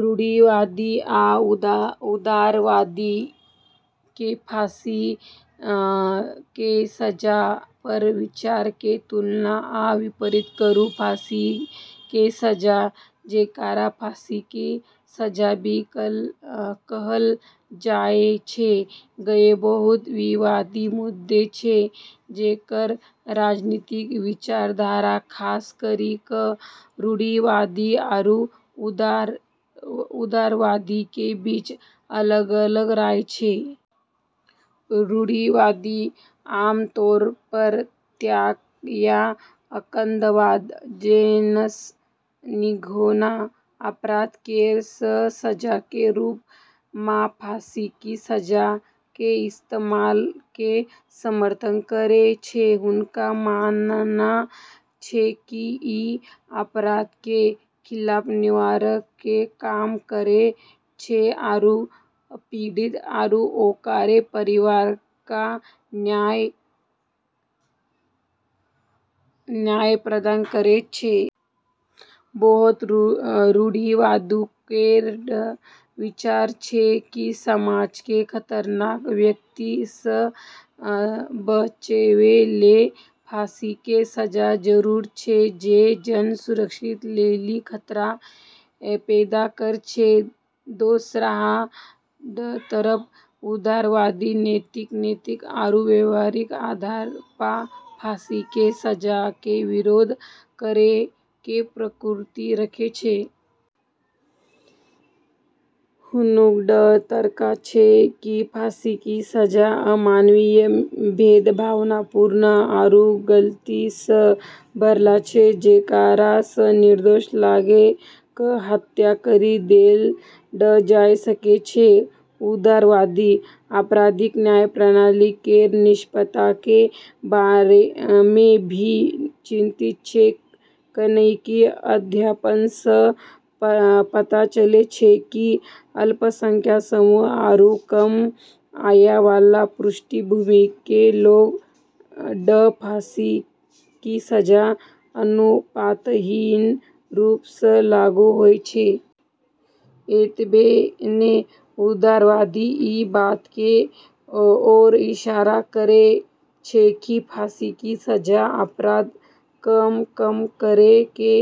रूढ़िवादी आ उदारवादी के फांसी के सजा पर विचार के तुलना आ विपरीत करू। फांसी के सजा, जेकरा फांसी के सजा भी कहलऽ जाय छै, एगो बहुत विवादित मुद्दा छै जेकरऽ राजनीतिक विचारधारा खास करी क॑ रूढ़िवादी आरू उदारवादी के बीच अलग-अलग राय छै। रूढ़िवादी आम तौर पर हत्या या आतंकवाद जैसनऽ घिनौना अपराध केरऽ सजा के रूप म॑ फांसी के सजा के इस्तेमाल के समर्थन करै छै। हुनकऽ मानना छै कि ई अपराध के खिलाफ निवारक के काम करै छै आरू पीड़ित आरू ओकरऽ परिवार क॑ न्याय प्रदान करै छै। बहुत रूढ़िवादी केरऽ विचार छै कि समाज क॑ खतरनाक व्यक्ति स॑ बचाबै लेली फांसी के सजा जरूरी छै जे जन सुरक्षा लेली खतरा पैदा करै छै। दोसरऽ तरफ उदारवादी नैतिक, नैतिक आरू व्यावहारिक आधार प॑ फांसी के सजा के विरोध करै के प्रवृत्ति रखै छै। हुनकऽ तर्क छै कि फांसी के सजा अमानवीय, भेदभावपूर्ण आरू गलती स॑ भरलऽ छै जेकरा स॑ निर्दोष लोगऽ क॑ हत्या करी देलऽ जाय सकै छै। उदारवादी आपराधिक न्याय प्रणाली केरऽ निष्पक्षता के बारे म॑ भी चिंतित छै, कैन्हेंकि अध्ययनऽ स॑ पता चललै छै कि अल्पसंख्यक समूह आरू कम आय वाला पृष्ठभूमि के लोगऽ प॑ फांसी के सजा अनुपातहीन रूप स॑ लागू होय छै। एतबे नै, उदारवादी ई बात के ओर इशारा करै छै कि फांसी के सजा अपराध क॑ कम करै के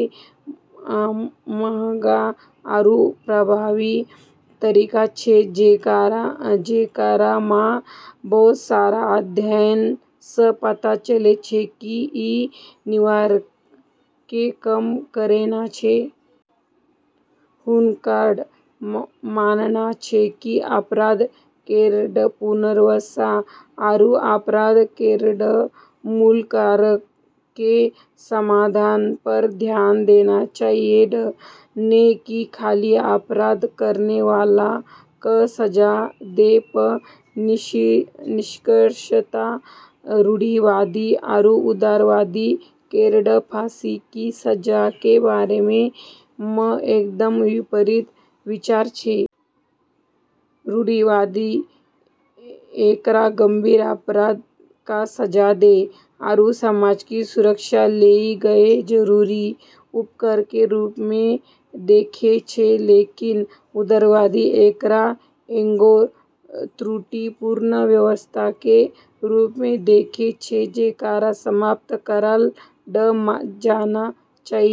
महंगा आरू अप्रभावी तरीका छै, जेकरा म॑ बहुत सारा अध्ययनऽ स॑ पता चलै छै कि ई निवारक के काम नै करै छै। हुनकऽ मानना छै कि अपराध केरऽ पुनर्वास आरू अपराध केरऽ मूल कारणऽ के समाधान प॑ ध्यान देना चाहियऽ, नै कि खाली अपराध करै वाला क॑ सजा दै प॑। निष्कर्षतः रूढ़िवादी आरू उदारवादी केरऽ फांसी के सजा के बारे म॑ एकदम विपरीत विचार छै। रूढ़िवादी एकरा गंभीर अपराध क॑ सजा दै आरू समाज के सुरक्षा लेली एगो जरूरी उपकरण के रूप म॑ देखै छै, लेकिन उदारवादी एकरा एगो त्रुटिपूर्ण व्यवस्था के रूप म॑ देखै छै जेकरा समाप्त करलऽ जाना चाहियऽ।